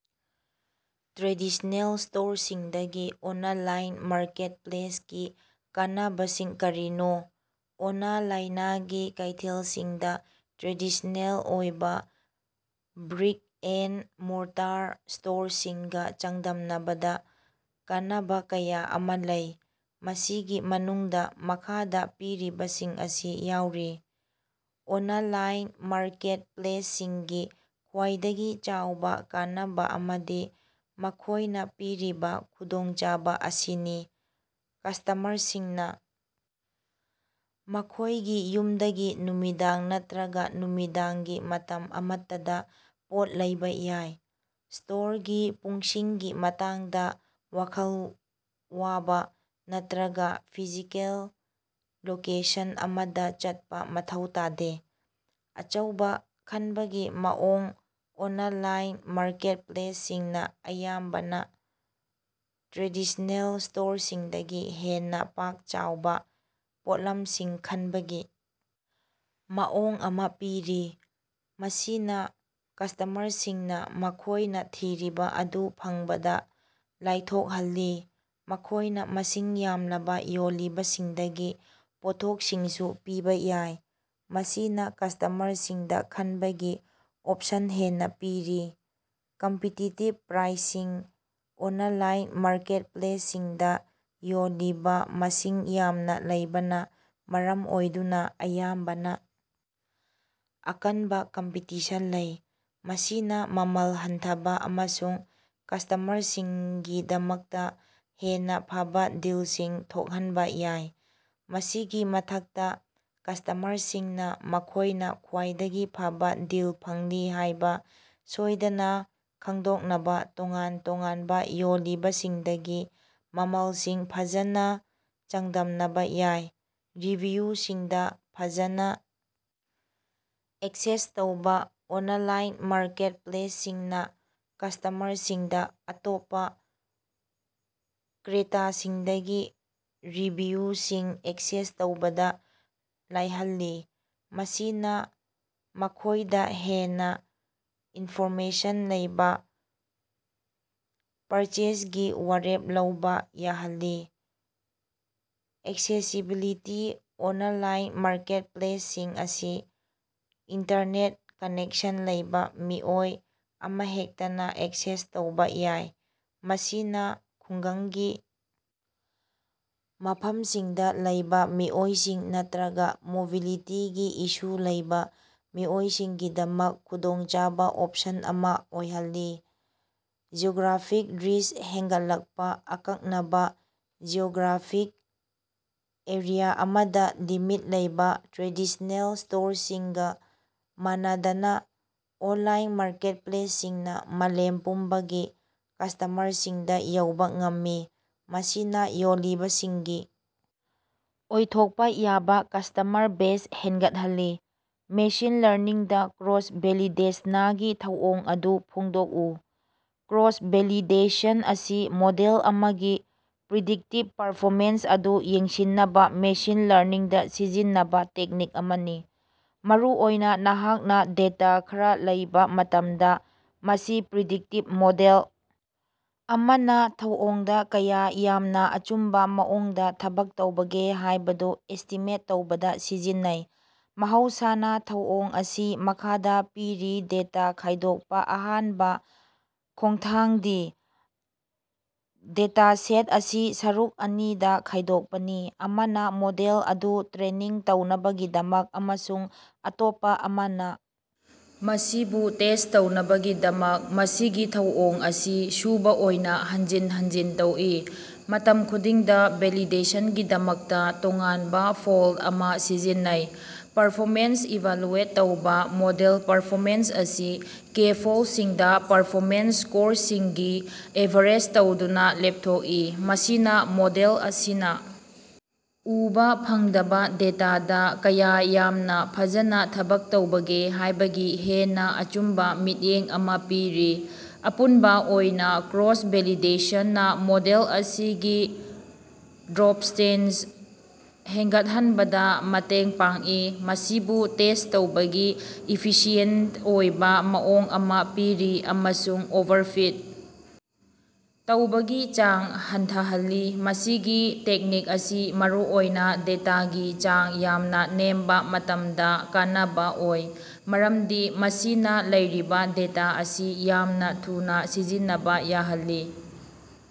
Traditional ꯁ꯭ꯇꯣꯔꯁꯤꯡꯗꯒꯤ online ꯃꯥꯔꯀꯦꯠꯄꯂꯦꯁꯀꯤ ꯀꯥꯟꯅꯕꯁꯤꯡ ꯀꯔꯤꯅꯣ? ꯑꯣꯅꯂꯥꯏꯅꯒꯤ ꯀꯩꯊꯦꯜꯁꯤꯡꯗ ꯇ꯭ꯔꯦꯗꯤꯁ꯭ꯅꯦꯜ ꯑꯣꯏꯕ ꯕ꯭ꯔꯤꯛ-ꯑꯦꯟꯗ-ꯃꯣꯔꯇꯔ ꯁ꯭ꯇꯣꯔꯁꯤꯡꯒ ꯆꯥꯡꯗꯝꯅꯕꯗ ꯀꯥꯟꯅꯕ ꯀꯌꯥ ꯑꯃ ꯂꯩ꯫ ꯃꯁꯤꯒꯤ ꯃꯅꯨꯡꯗ ꯃꯈꯥꯗ ꯄꯤꯔꯤꯕꯁꯤꯡ ꯑꯁꯤ ꯌꯥꯎꯔꯤ꯫ꯑꯣꯅꯂꯥꯏꯟ ꯃꯥꯔꯀꯦꯠꯄꯂꯦꯁꯁꯤꯡꯒꯤ ꯈ꯭ꯋꯥꯏꯗꯒꯤ ꯆꯥꯎꯕ ꯀꯥꯟꯅꯕ ꯑꯃꯗꯤ ꯃꯈꯣꯏꯅ ꯄꯤꯔꯤꯕ ꯈꯨꯗꯣꯡꯆꯥꯕ ꯑꯁꯤꯅꯤ꯫ ꯀꯁ꯭ꯇꯃꯔꯁꯤꯡꯅ ꯃꯈꯣꯏꯒꯤ ꯌꯨꯝꯗꯒꯤ ꯅꯨꯃꯤꯗꯥꯡ ꯅꯠꯇꯔꯒ ꯅꯨꯃꯤꯗꯥꯡꯒꯤ ꯃꯇꯝ ꯑꯃꯠꯇꯗ ꯄꯣꯠ ꯂꯩꯕ ꯌꯥꯏ꯫ꯁ꯭ꯇꯣꯔꯒꯤ ꯄꯨꯡꯁꯤꯡꯒꯤ ꯃꯇꯥꯡꯗ ꯋꯥꯈꯜ ꯋꯥꯕ ꯅꯠꯇꯔꯒ ꯐꯤꯖꯤꯀꯦꯜ ꯂꯣꯀꯦꯁꯟ ꯑꯃꯗ ꯆꯠꯄ ꯃꯊꯧ ꯇꯥꯗꯦ꯫ ꯑꯆꯧꯕ ꯈꯟꯕꯒꯤ ꯃꯑꯣꯡ ꯑꯣꯅꯂꯥꯏꯟ ꯃꯥꯔꯀꯦꯠꯄꯂꯦꯁꯁꯤꯡꯅ ꯑꯌꯥꯝꯕꯅ ꯇ꯭ꯔꯦꯗꯤꯁ꯭ꯅꯦꯜ ꯁ꯭ꯇꯣꯔꯁꯤꯡꯗꯒꯤ ꯍꯦꯟꯅ ꯄꯥꯛ-ꯆꯥꯎꯕ ꯄꯣꯠꯂꯝꯁꯤꯡ ꯈꯟꯕꯒꯤ ꯃꯑꯣꯡ ꯑꯃ ꯄꯤꯔꯤ꯫ꯃꯁꯤꯅ ꯀꯁ꯭ꯇꯃꯔꯁꯤꯡꯅ ꯃꯈꯣꯏꯅ ꯊꯤꯔꯤꯕ ꯑꯗꯨ ꯐꯪꯕꯗ ꯂꯥꯏꯊꯣꯛꯍꯜꯂꯤ꯫ ꯃꯈꯣꯏꯅ ꯃꯁꯤꯡ ꯌꯥꯝꯂꯕ ꯌꯣꯜꯂꯤꯕꯁꯤꯡꯗꯒꯤ ꯄꯣꯠꯊꯣꯛꯁꯤꯡꯁꯨ ꯄꯤꯕ ꯌꯥꯏ꯫ ꯃꯁꯤꯅ ꯀꯁ꯭ꯇꯃꯔꯁꯤꯡꯗ ꯈꯟꯕꯒꯤ ꯑꯣꯞꯁꯟ ꯍꯦꯟꯅ ꯄꯤꯔꯤ꯫ ꯀꯝꯄꯤꯇꯤꯇꯤꯕ ꯄ꯭ꯔꯥꯏꯁꯤꯡ ꯑꯣꯅꯂꯥꯏꯟ ꯃꯥꯔꯀꯦꯠꯄꯂꯦꯁꯁꯤꯡꯗ ꯌꯣꯜꯂꯤꯕ ꯃꯁꯤꯡ ꯌꯥꯝꯅ ꯂꯩꯕꯅ ꯃꯔꯝ ꯑꯣꯏꯗꯨꯅ ꯑꯌꯥꯝꯕꯅ ꯑꯀꯟꯕ ꯀꯝꯄꯤꯇꯤꯁꯟ ꯂꯩ꯫ ꯃꯁꯤꯅ ꯃꯃꯜ ꯍꯟꯊꯕ ꯑꯃꯁꯨꯡ ꯀꯁ꯭ꯇꯃꯔꯁꯤꯡꯒꯤꯗꯃꯛꯇ ꯍꯦꯟꯅ ꯐꯕ ꯗꯤꯜꯁꯤꯡ ꯊꯣꯛꯍꯟꯕ ꯌꯥꯏ꯫ ꯃꯁꯤꯒꯤ ꯃꯊꯛꯇ ꯀꯁ꯭ꯇꯃꯔꯁꯤꯡꯅ ꯃꯈꯣꯏꯅ ꯈ꯭ꯋꯥꯏꯗꯒꯤ ꯐꯕ ꯗꯤꯜ ꯐꯪꯂꯤ ꯍꯥꯏꯕ ꯁꯣꯏꯗꯅ ꯈꯪꯗꯣꯛꯅꯕ ꯇꯣꯉꯥꯟ ꯇꯣꯉꯥꯟꯕ ꯌꯣꯜꯂꯤꯕꯁꯤꯡꯗꯒꯤ ꯃꯃꯜꯁꯤꯡ ꯐꯖꯅ ꯆꯥꯡꯗꯝꯅꯕ ꯌꯥꯏ꯫ ꯔꯤꯚꯤꯌꯨꯁꯤꯡꯗ ꯐꯖꯅ ꯑꯦꯛꯁꯦꯁ ꯇꯧꯕ ꯑꯣꯅꯂꯥꯏꯟ ꯃꯥꯔꯀꯦꯠꯄꯂꯦꯁꯁꯤꯡꯅ ꯀꯁ꯭ꯇꯃꯔꯁꯤꯡꯗ ꯑꯇꯣꯞꯄ ꯀ꯭ꯔꯦꯇꯥꯁꯤꯡꯗꯒꯤ ꯔꯤꯚꯤꯌꯨꯁꯤꯡ ꯑꯦꯛꯁꯦꯁ ꯇꯧꯕꯗ ꯂꯥꯏꯍꯜꯂꯤ, ꯃꯁꯤꯅ ꯃꯈꯣꯏꯗ ꯍꯦꯟꯅ ꯏꯟꯐꯣꯔꯃꯦꯁꯟ ꯂꯩꯕ ꯄꯔꯆꯦꯖꯒꯤ ꯋꯥꯔꯦꯞ ꯂꯧꯕ ꯌꯥꯍꯜꯂꯤ꯫ ꯑꯦꯛꯁꯦꯁꯤꯕꯤꯂꯤꯇꯤ ꯑꯣꯅꯂꯥꯏꯟ ꯃꯥꯔꯀꯦꯠꯄꯂꯦꯁꯁꯤꯡ ꯑꯁꯤ ꯏꯟꯇꯔꯅꯦꯠ ꯀꯅꯦꯛꯁꯟ ꯂꯩꯕ ꯃꯤꯑꯣꯏ ꯑꯃꯍꯦꯛꯇꯅ ꯑꯦꯛꯁꯦꯁ ꯇꯧꯕ ꯌꯥꯏ꯫ꯃꯁꯤꯅ ꯈꯨꯡꯒꯪꯒꯤ ꯃꯐꯝꯁꯤꯡꯗ ꯂꯩꯕ ꯃꯤꯑꯣꯏꯁꯤꯡ ꯅꯠꯇꯔꯒ ꯃꯣꯕꯤꯂꯤꯇꯤꯒꯤ ꯏꯁꯨ ꯂꯩꯕ ꯃꯤꯑꯣꯏꯁꯤꯡꯒꯤꯗꯃꯛ ꯈꯨꯗꯣꯡꯆꯥꯕ ꯑꯣꯞꯁꯟ ꯑꯃ ꯑꯣꯏꯍꯜꯂꯤ꯫ ꯖꯤꯑꯣꯒ꯭ꯔꯥꯐꯤꯛ ꯔꯤꯆ ꯍꯦꯟꯒꯠꯂꯛꯄ ꯑꯀꯛꯅꯕꯥ ꯖꯤꯑꯣꯒ꯭ꯔꯥꯐꯤꯛ ꯑꯦꯔꯤꯌ ꯑꯃꯗ ꯂꯤꯃꯤꯠ ꯂꯩꯕ ꯇ꯭ꯔꯦꯗꯤꯁ꯭ꯅꯦꯜ ꯁ꯭ꯇꯣꯔꯁꯤꯡꯒ ꯃꯥꯟꯅꯗꯅ, ꯑꯣꯟꯂꯥꯏꯟ ꯃꯥꯔꯀꯦꯠꯄꯂꯦꯁꯁꯤꯡꯅ ꯃꯥꯂꯦꯝ ꯄꯨꯝꯕꯒꯤ ꯀꯁ꯭ꯇꯃꯔꯁꯤꯡꯗ ꯌꯧꯕ ꯉꯝꯃꯤ, ꯃꯁꯤꯅ ꯌꯣꯜꯂꯤꯕꯁꯤꯡꯒꯤ ꯑꯣꯏꯊꯣꯛꯄ ꯌꯥꯕ ꯀꯁ꯭ꯇꯃꯔ ꯕꯦꯖ ꯍꯦꯟꯒꯠꯍꯜꯂꯤ꯫ ꯃꯦꯁꯤꯟ ꯂꯔꯅꯤꯡꯗ ꯀ꯭ꯔꯣꯁ-ꯚꯦꯂꯤꯗꯦꯁꯅꯒꯤ ꯊꯧꯑꯣꯡ ꯑꯗꯨ ꯐꯣꯡꯗꯣꯛꯎ꯫ ꯀ꯭ꯔꯣꯁ-ꯚꯦꯂꯤꯗꯦꯁꯟ ꯑꯁꯤ ꯃꯣꯗꯦꯜ ꯑꯃꯒꯤ ꯄ꯭ꯔꯤꯗꯤꯛꯇꯤꯚ ꯄꯔꯐꯣꯃꯦꯟꯁ ꯑꯗꯨ ꯌꯦꯡꯁꯤꯟꯅꯕ ꯃꯦꯁꯤꯟ ꯂꯔꯅꯤꯡꯗ ꯁꯤꯖꯤꯟꯅꯕ ꯇꯦꯛꯅꯤꯛ ꯑꯃꯅꯤ꯫ ꯃꯔꯨꯑꯣꯏꯅ ꯅꯍꯥꯛꯅ ꯗꯦꯇꯥ ꯈꯔ ꯂꯩꯕ ꯃꯇꯝꯗ꯫ ꯃꯁꯤ ꯄ꯭ꯔꯤꯗꯤꯛꯇꯤꯚ ꯃꯣꯗꯦꯜ ꯑꯃꯅ ꯊꯧꯑꯣꯡꯗ ꯀꯌꯥ ꯌꯥꯝꯅ ꯑꯆꯨꯝꯕ ꯃꯑꯣꯡꯗ ꯊꯕꯛ ꯇꯧꯕꯒꯦ ꯍꯥꯏꯕꯗꯨ ꯑꯦꯁ꯭ꯇꯤꯃꯦꯠ ꯇꯧꯕꯗ ꯁꯤꯖꯤꯟꯅꯩ꯫ ꯃꯍꯧꯁꯥꯅ ꯊꯧꯑꯣꯡ ꯑꯁꯤ ꯃꯈꯥꯗ ꯄꯤꯔꯤ ꯗꯦꯇꯥ ꯈꯥꯏꯗꯣꯛꯄ ꯑꯍꯥꯟꯕ ꯈꯣꯡꯊꯥꯡꯗꯤ ꯗꯦꯇꯥꯁꯦꯠ ꯑꯁꯤ ꯁꯔꯨꯛ ꯑꯅꯤꯗ ꯈꯥꯏꯗꯣꯛꯄꯅꯤ꯫ꯑꯃꯅ ꯃꯣꯗꯦꯜ ꯑꯗꯨ ꯇ꯭ꯔꯦꯅꯤꯡ ꯇꯧꯅꯕꯒꯤꯗꯃꯛ ꯑꯃꯁꯨꯡ ꯑꯇꯣꯞꯄ ꯑꯃꯅ ꯃꯁꯤꯕꯨ ꯇꯦꯁ꯭ꯠ ꯇꯧꯅꯕꯒꯤꯗꯃꯛ꯫ ꯃꯁꯤꯒꯤ ꯊꯧꯑꯣꯡ ꯑꯁꯤ ꯁꯨꯕ ꯑꯣꯏꯅ ꯍꯟꯖꯤꯟ ꯍꯟꯖꯤꯟ ꯇꯧꯏ, ꯃꯇꯝ ꯈꯨꯗꯤꯡꯗ ꯚꯦꯂꯤꯗꯦꯁꯟꯒꯤꯗꯃꯛꯇ ꯇꯣꯉꯥꯟꯕ ꯐꯣꯜꯗ ꯑꯃ ꯁꯤꯖꯤꯟꯅꯩ꯫ ꯄꯔꯐꯣꯃꯦꯟꯁ ꯏꯚꯥꯂꯨꯑꯦꯠ ꯇꯧꯕ ꯃꯣꯗꯦꯜ ꯄꯔꯐꯣꯃꯦꯟꯁ ꯑꯁꯤ ꯀꯦ-ꯐꯣꯜꯗꯁꯤꯡꯗ ꯄꯔꯐꯣꯃꯦꯟꯁ ꯁ꯭ꯀꯣꯔꯁꯤꯡꯒꯤ ꯑꯦꯚꯥꯔꯦꯖ ꯇꯧꯗꯨꯅ ꯂꯦꯞꯊꯣꯛꯏ꯫ ꯃꯁꯤꯅ ꯃꯣꯗꯦꯜ ꯑꯁꯤꯅ ꯎꯕ ꯐꯪꯗꯕ ꯗꯦꯇꯥꯗ ꯀꯌꯥ ꯌꯥꯝꯅ ꯐꯖꯅ ꯊꯕꯛ ꯇꯧꯕꯒꯦ ꯍꯥꯏꯕꯒꯤ ꯍꯦꯟꯅ ꯑꯆꯨꯝꯕ ꯃꯤꯠꯌꯦꯡ ꯑꯃ ꯄꯤꯔꯤ꯫ ꯑꯄꯨꯟꯕ ꯑꯣꯏꯅ ꯀ꯭ꯔꯣꯁ-ꯚꯦꯂꯤꯗꯦꯁꯟꯅ ꯃꯣꯗꯦꯜ ꯑꯁꯤꯒꯤ ꯔꯣꯕꯁ꯭ꯇꯦꯟꯁ ꯍꯦꯟꯒꯠꯍꯟꯕꯗ ꯃꯇꯦꯡ ꯄꯥꯡꯏ, ꯃꯁꯤꯕꯨ ꯇꯦꯁ꯭ꯠ ꯇꯧꯕꯒꯤ ꯏꯐꯤꯁꯤꯌꯦꯟꯇ ꯑꯣꯏꯕ ꯃꯑꯣꯡ ꯑꯃ ꯄꯤꯔꯤ ꯑꯃꯁꯨꯡ ꯑꯣꯚꯔꯐꯤꯠ ꯇꯧꯕꯒꯤ ꯆꯥꯡ ꯍꯟꯊꯍꯜꯂꯤ꯫ ꯃꯁꯤꯒꯤ ꯇꯦꯛꯅꯤꯛ ꯑꯁꯤ ꯃꯔꯨꯑꯣꯏꯅ ꯗꯦꯇꯥꯒꯤ ꯆꯥꯡ ꯌꯥꯝꯅ ꯅꯦꯝꯕ ꯃꯇꯝꯗ ꯀꯥꯟꯅꯕ ꯑꯣꯏ, ꯃꯔꯝꯗꯤ ꯃꯁꯤꯅ ꯂꯩꯔꯤꯕ ꯗꯦꯇ ꯑꯁꯤ ꯌꯥꯝꯅ ꯊꯨꯅ ꯁꯤꯖꯤꯟꯅꯕ ꯌꯥꯍꯜꯂꯤ꯫